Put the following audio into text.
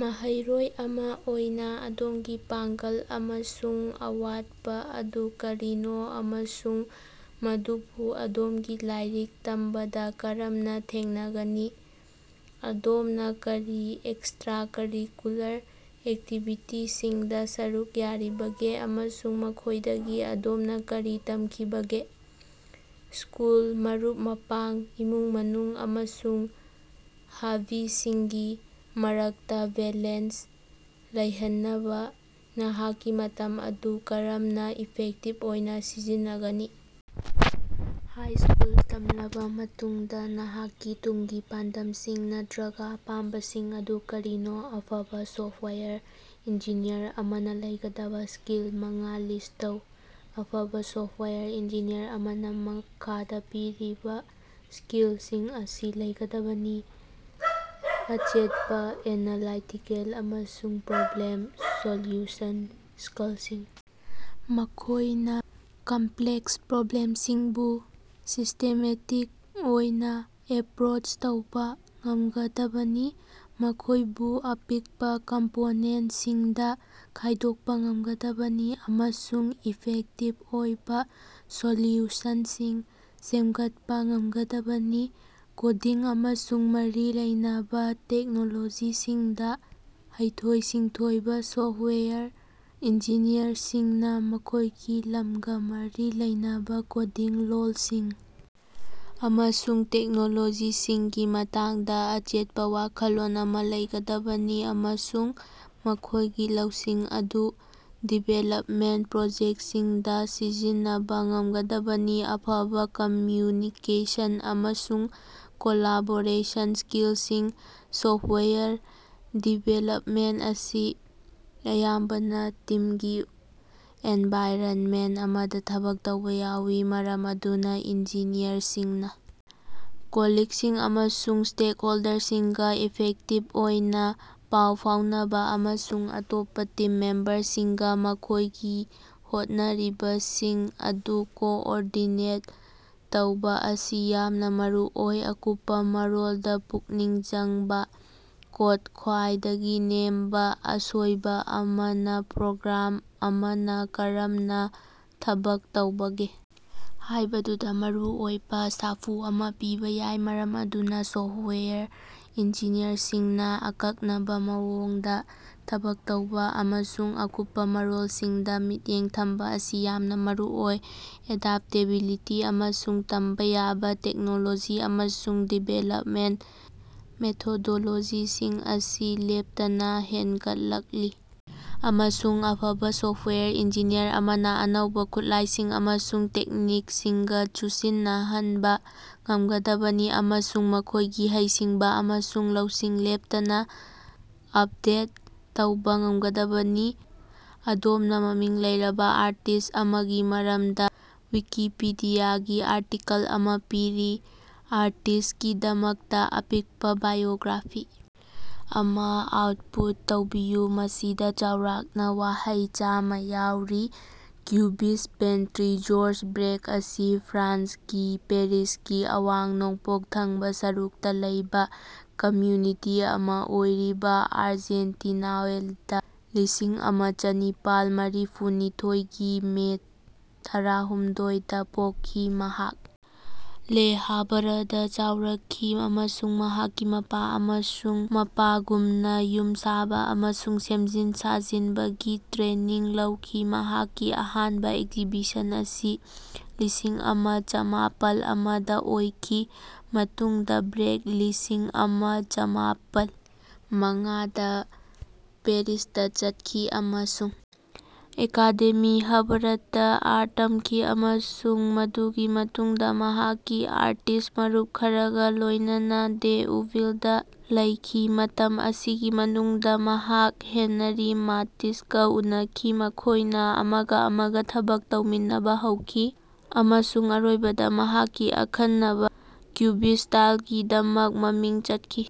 ꯃꯍꯩꯔꯣꯏ ꯑꯃ ꯑꯣꯏꯅ ꯑꯗꯣꯝꯒꯤ ꯄꯥꯡꯒꯜ ꯑꯃꯁꯨꯡ ꯑꯋꯥꯠꯄ ꯑꯗꯨ ꯀꯔꯤꯅꯣ, ꯑꯃꯁꯨꯡ ꯃꯗꯨꯕꯨ ꯑꯗꯣꯝꯒꯤ ꯂꯥꯏꯔꯤꯛ ꯇꯝꯕꯗ ꯀꯔꯝꯅ ꯊꯦꯡꯅꯒꯅꯤ? ꯑꯗꯣꯝꯅ ꯀꯔꯤ ꯑꯦꯛꯁꯇ꯭ꯔꯥꯀꯔꯤꯀꯨꯂꯔ ꯑꯦꯛꯇꯤꯕꯤꯇꯤꯁꯤꯡꯗ ꯁꯔꯨꯛ ꯌꯥꯔꯤꯕꯒꯦ, ꯑꯃꯁꯨꯡ ꯃꯈꯣꯏꯗꯒꯤ ꯑꯗꯣꯝꯅ ꯀꯔꯤ ꯇꯝꯈꯤꯕꯒꯦ? ꯁ꯭ꯀꯨꯜ, ꯃꯔꯨꯞ-ꯃꯄꯥꯡ, ꯏꯃꯨꯡ-ꯃꯅꯨꯡ ꯑꯃꯁꯨꯡ ꯍꯕꯤꯁꯤꯡꯒꯤ ꯃꯔꯛꯇ ꯕꯦꯂꯦꯟꯁ ꯂꯩꯍꯟꯅꯕ ꯅꯍꯥꯛꯀꯤ ꯃꯇꯝ ꯑꯗꯨ ꯀꯔꯝꯅ ꯏꯐꯦꯛꯇꯤꯕ ꯑꯣꯏꯅ ꯁꯤꯖꯤꯟꯅꯒꯅꯤ? ꯍꯥꯏꯁꯀꯨꯜ ꯇꯝꯂꯕ ꯃꯇꯨꯡꯗ ꯅꯍꯥꯛꯀꯤ ꯇꯨꯡꯒꯤ ꯄꯥꯟꯗꯝꯁꯤꯡ ꯅꯠꯇ꯭ꯔꯒ ꯑꯄꯥꯝꯕꯁꯤꯡ ꯑꯗꯨ ꯀꯔꯤꯅꯣ? ꯑꯐꯕ ꯁꯣꯐꯋꯥꯌꯔ ꯏꯟꯖꯤꯅꯤꯌꯔ ꯑꯃꯅ ꯂꯩꯒꯗꯕ ꯁ꯭ꯀꯤꯜ ꯃꯉꯥ ꯂꯤꯁ꯭ꯠ ꯇꯧ꯫ ꯑꯐꯕ ꯁꯣꯐꯋꯥꯌꯔ ꯏꯟꯖꯤꯅꯤꯌꯔ ꯑꯃꯅ ꯃꯈꯥꯗ ꯄꯤꯔꯤꯕ ꯁ꯭ꯀꯤꯜꯁꯤꯡ ꯑꯁꯤ ꯂꯩꯒꯗꯕꯅꯤ: ꯑꯆꯦꯠꯄ ꯑꯦꯅꯥꯂꯥꯏꯇꯤꯀꯦꯜ ꯑꯃꯁꯨꯡ ꯄ꯭ꯔꯣꯕ꯭ꯂꯦꯝ-ꯁꯣꯜꯌꯨꯁꯟ ꯁ꯭ꯀꯜꯁꯤꯡ: ꯃꯈꯣꯏꯅ ꯀꯝꯄ꯭ꯂꯦꯛꯁ ꯄ꯭ꯔꯣꯕ꯭ꯂꯦꯝꯁꯤꯡꯕꯨ ꯁꯤꯁ꯭ꯇꯦꯃꯦꯇꯤꯛ ꯑꯣꯏꯅ ꯑꯦꯄ꯭ꯔꯣꯆ ꯇꯧꯕ ꯉꯝꯒꯗꯕꯅꯤ, ꯃꯈꯣꯏꯕꯨ ꯑꯄꯤꯛꯄ ꯀꯝꯄꯣꯅꯦꯟꯁꯤꯡꯗ ꯈꯥꯏꯗꯣꯛꯄ ꯉꯝꯒꯗꯕꯅꯤ ꯑꯃꯁꯨꯡ ꯏꯐꯦꯛꯇꯤꯚ ꯑꯣꯏꯕ ꯁꯣꯂ꯭ꯌꯨꯁꯟꯁꯤꯡ ꯁꯦꯝꯒꯠꯄ ꯉꯝꯒꯗꯕꯅꯤ꯫ ꯀꯣꯗꯤꯡ ꯑꯃꯁꯨꯡ ꯃꯔꯤ ꯂꯩꯅꯕ ꯇꯦꯛꯅꯣꯂꯣꯖꯤꯁꯤꯡꯗ ꯍꯩꯊꯣꯏ-ꯁꯤꯡꯊꯣꯏꯕ: ꯁꯣꯐꯋꯦꯌꯔ ꯏꯟꯖꯤꯅꯤꯌꯔꯁꯤꯡꯅ ꯃꯈꯣꯏꯒꯤ ꯂꯝꯒ ꯃꯔꯤ ꯂꯩꯅꯕ ꯀꯣꯗꯤꯡ ꯂꯣꯜꯁꯤꯡ ꯑꯃꯁꯨꯡ ꯇꯦꯛꯅꯣꯂꯣꯖꯤꯁꯤꯡꯒꯤ ꯃꯇꯥꯡꯗ ꯑꯆꯦꯠꯄ ꯋꯥꯈꯜꯂꯣꯟ ꯑꯃ ꯂꯩꯒꯗꯕꯅꯤ, ꯑꯃꯁꯨꯡ ꯃꯈꯣꯏꯒꯤ ꯂꯧꯁꯤꯡ ꯑꯗꯨ ꯗꯤꯕꯦꯂꯄꯃꯦꯟ ꯄ꯭ꯔꯣꯖꯦꯛꯁꯤꯡꯗ ꯁꯤꯖꯤꯟꯅꯕ ꯉꯝꯒꯗꯕꯅꯤ꯫ ꯑꯐꯕ ꯀꯝꯃ꯭ꯌꯨꯅꯤꯀꯦꯁꯟ ꯑꯃꯁꯨꯡ ꯀꯣꯂꯥꯕꯣꯔꯦꯁꯟ ꯁ꯭ꯀꯤꯜꯁꯤꯡ: ꯁꯣꯐꯋꯥꯌꯔ ꯗꯤꯚꯦꯂꯄꯃꯦꯟ ꯑꯁꯤ ꯑꯌꯥꯝꯕꯅ ꯇꯤꯝꯒꯤ ꯑꯦꯟꯚꯥꯏꯔꯟꯃꯦꯟ ꯑꯃꯗ ꯊꯕꯛ ꯇꯧꯕ ꯌꯥꯎꯏ, ꯃꯔꯝ ꯑꯗꯨꯅ ꯏꯟꯖꯤꯅꯤꯌꯔꯁꯤꯡꯅ ꯀꯣꯂꯤꯛꯁꯤꯡ ꯑꯃꯁꯨꯡ ꯁ꯭ꯇꯦꯛꯍꯣꯜꯗꯔꯁꯤꯡꯒ ꯏꯐꯦꯛꯇꯤꯕ ꯑꯣꯏꯅ ꯄꯥꯎ ꯐꯥꯎꯅꯕ, ꯑꯃꯁꯨꯡ ꯑꯇꯣꯞꯄ ꯇꯤꯝ ꯃꯦꯝꯕꯔꯁꯤꯡꯒ ꯃꯈꯣꯏꯒꯤ ꯍꯣꯠꯅꯔꯤꯕꯁꯤꯡ ꯑꯗꯨ ꯀꯣꯑꯣꯔꯗꯤꯅꯦꯠ ꯇꯧꯕ ꯑꯁꯤ ꯌꯥꯝꯅ ꯃꯔꯨꯑꯣꯏ꯫ ꯑꯀꯨꯞꯄ ꯃꯔꯣꯜꯗ ꯄꯨꯛꯅꯤꯡ ꯆꯪꯕ: ꯀꯣꯗꯇ ꯈ꯭ꯋꯥꯏꯗꯒꯤ ꯅꯦꯝꯕ ꯑꯁꯣꯏꯕ ꯑꯃꯅ ꯄ꯭ꯔꯣꯒ꯭ꯔꯥꯝ ꯑꯃꯅ ꯀꯔꯝꯅ ꯊꯕꯛ ꯇꯧꯕꯒꯦ ꯍꯥꯏꯕꯗꯨꯗ ꯃꯔꯨꯑꯣꯏꯕ ꯁꯥꯐꯨ ꯑꯃ ꯄꯤꯕ ꯌꯥꯏ, ꯃꯔꯝ ꯑꯗꯨꯅ ꯁꯣꯐꯋꯦꯌꯔ ꯏꯟꯖꯤꯅꯤꯌꯔꯁꯤꯡꯅ ꯑꯀꯛꯅꯕ ꯃꯑꯣꯡꯗ ꯊꯕꯛ ꯇꯧꯕ ꯑꯃꯁꯨꯡ ꯑꯀꯨꯞꯄ ꯃꯔꯣꯜꯁꯤꯡꯗ ꯃꯤꯠꯌꯦꯡ ꯊꯝꯕ ꯑꯁꯤ ꯌꯥꯝꯅ ꯃꯔꯨꯑꯣꯏ꯫ ꯑꯦꯗꯥꯞꯇꯦꯕꯤꯂꯤꯇꯤ ꯑꯃꯁꯨꯡ ꯇꯝꯕ ꯌꯥꯕ: ꯇꯦꯛꯅꯣꯂꯣꯖꯤ ꯑꯃꯁꯨꯡ ꯗꯤꯕꯦꯂꯄꯃꯦꯟꯠ ꯃꯦꯊꯣꯗꯣꯂꯣꯖꯤꯁꯤꯡ ꯑꯁꯤ ꯂꯦꯞꯇꯅ ꯍꯦꯟꯒꯠꯂꯛꯂꯤ, ꯑꯃꯁꯨꯡ ꯑꯐꯕ ꯁꯣꯐꯋꯦꯌꯔ ꯏꯟꯖꯤꯅꯤꯌꯔ ꯑꯃꯅ ꯑꯅꯧꯕ ꯈꯨꯠꯂꯥꯏꯁꯤꯡ ꯑꯃꯁꯨꯡ ꯇꯦꯛꯅꯤꯛꯁꯤꯡꯒ ꯆꯨꯁꯤꯟꯅꯍꯟꯕ ꯉꯝꯒꯗꯕꯅꯤ, ꯑꯃꯁꯨꯡ ꯃꯈꯣꯏꯒꯤ ꯍꯩꯁꯤꯡꯕ ꯑꯃꯁꯨꯡ ꯂꯧꯁꯤꯡ ꯂꯦꯞꯇꯅ ꯑꯄꯗꯦꯠ ꯇꯧꯕ ꯉꯝꯒꯗꯕꯅꯤ꯫ ꯑꯗꯣꯝꯅ ꯃꯃꯤꯡ ꯂꯩꯔꯕ ꯑꯥꯔꯇꯤꯁꯠ ꯑꯃꯒꯤ ꯃꯔꯝꯗ ꯋꯤꯀꯤꯄꯤꯗꯤꯌꯥꯒꯤ ꯑꯥꯔꯇꯤꯀꯜ ꯑꯃ ꯄꯤꯔꯤ꯫ ꯑꯥꯔꯇꯤꯁ꯭ꯠꯀꯤꯗꯃꯛꯇ ꯑꯄꯤꯛꯄ ꯕꯥꯏꯑꯣꯒ꯭ꯔꯥꯐꯤ ꯑꯃ ꯑꯥꯎꯠꯄꯨꯠ ꯇꯧꯕꯤꯌꯨ, ꯃꯁꯤꯗ ꯆꯥꯎꯔꯥꯛꯅ ꯋꯥꯍꯩ ꯆꯥꯝꯃ ꯌꯥꯎꯔꯤ꯫ ꯀ꯭ꯌꯨꯕꯤꯁ꯭ꯠ ꯄꯦꯟꯇ꯭ꯔꯤ ꯖꯣꯔꯖ ꯕ꯭ꯔꯦꯛ ꯑꯁꯤ ꯐ꯭ꯔꯥꯟꯁꯀꯤ ꯄꯦꯔꯤꯁꯀꯤ ꯑꯋꯥꯡ ꯅꯣꯡꯄꯣꯛ ꯊꯪꯕ ꯁꯔꯨꯛꯇ ꯂꯩꯕ ꯀꯝꯃ꯭ꯌꯨꯅꯤꯇꯤ ꯑꯃ ꯑꯣꯏꯔꯤꯕ ꯑꯥꯔꯖꯦꯟꯇꯤꯅꯥꯎꯏꯜꯗ ꯂꯤꯁꯤꯡꯑꯃ ꯆꯥꯅꯤꯄꯥꯜ ꯃꯔꯤꯐꯨꯅꯤꯊꯣꯏ ꯒꯤ ꯃꯦ ꯇꯔꯥꯍꯨꯝꯗꯣꯏ, ꯗꯥ ꯄꯣꯛꯈꯤ꯫ ꯃꯍꯥꯛ ꯂꯦ ꯍꯥꯚꯔꯗ ꯆꯥꯎꯔꯛꯈꯤ ꯑꯃꯁꯨꯡ ꯃꯍꯥꯛꯀꯤ ꯃꯄꯥ ꯑꯃꯁꯨꯡ ꯃꯄꯥꯒꯨꯝꯅ ꯌꯨꯝ ꯁꯥꯕ ꯑꯃꯁꯨꯡ ꯁꯦꯝꯖꯤꯟ ꯁꯥꯖꯤꯟꯕꯒꯤ ꯇ꯭ꯔꯦꯅꯤꯡ ꯂꯧꯈꯤ꯫ ꯃꯍꯥꯛꯀꯤ ꯑꯍꯥꯟꯕ ꯑꯦꯛꯖꯤꯕꯤꯁꯟ ꯑꯁꯤ ꯂꯤꯁꯤꯡꯑꯃ ꯆꯝꯃꯥꯄꯜ ꯑꯃ ꯗ ꯑꯣꯏꯈꯤ, ꯃꯇꯨꯡꯗ ꯕ꯭ꯔꯦꯛꯅ ꯂꯤꯁꯤꯡꯑꯃ ꯆꯝꯃꯥꯄꯜ ꯃꯉꯥ ꯗ ꯄꯦꯔꯤꯁꯇ ꯆꯠꯈꯤ ꯑꯃꯁꯨꯡ ꯑꯦꯀꯥꯗꯦꯃꯤ ꯍꯝꯕꯔꯠꯇ ꯑꯥꯔꯠ ꯇꯝꯈꯤ, ꯑꯃꯁꯨꯡ ꯃꯗꯨꯒꯤ ꯃꯇꯨꯡꯗ ꯃꯍꯥꯛꯀꯤ ꯑꯥꯔꯇꯤꯁꯠ ꯃꯔꯨꯞ ꯈꯔꯒ ꯂꯣꯌꯅꯅ ꯗꯦꯎꯚꯤꯜꯗ ꯂꯩꯈꯤ꯫ ꯃꯇꯝ ꯑꯁꯤꯒꯤ ꯃꯅꯨꯡꯗ ꯃꯍꯥꯛ ꯍꯦꯅꯔꯤ ꯃꯥꯇꯤꯁꯀ ꯎꯅꯈꯤ, ꯃꯈꯣꯏꯅ ꯑꯃꯒ ꯑꯃꯒ ꯊꯕꯛ ꯇꯧꯃꯤꯟꯅꯕ ꯍꯧꯈꯤ꯫ ꯑꯃꯁꯨꯡ ꯑꯔꯣꯏꯕꯗ ꯃꯍꯥꯛꯀꯤ ꯑꯈꯟꯅꯕ ꯀ꯭ꯌꯨꯕꯤꯁꯠ ꯁ꯭ꯇꯥꯏꯜꯒꯤꯗꯃꯛ ꯃꯃꯤꯡ ꯆꯠꯈꯤ꯫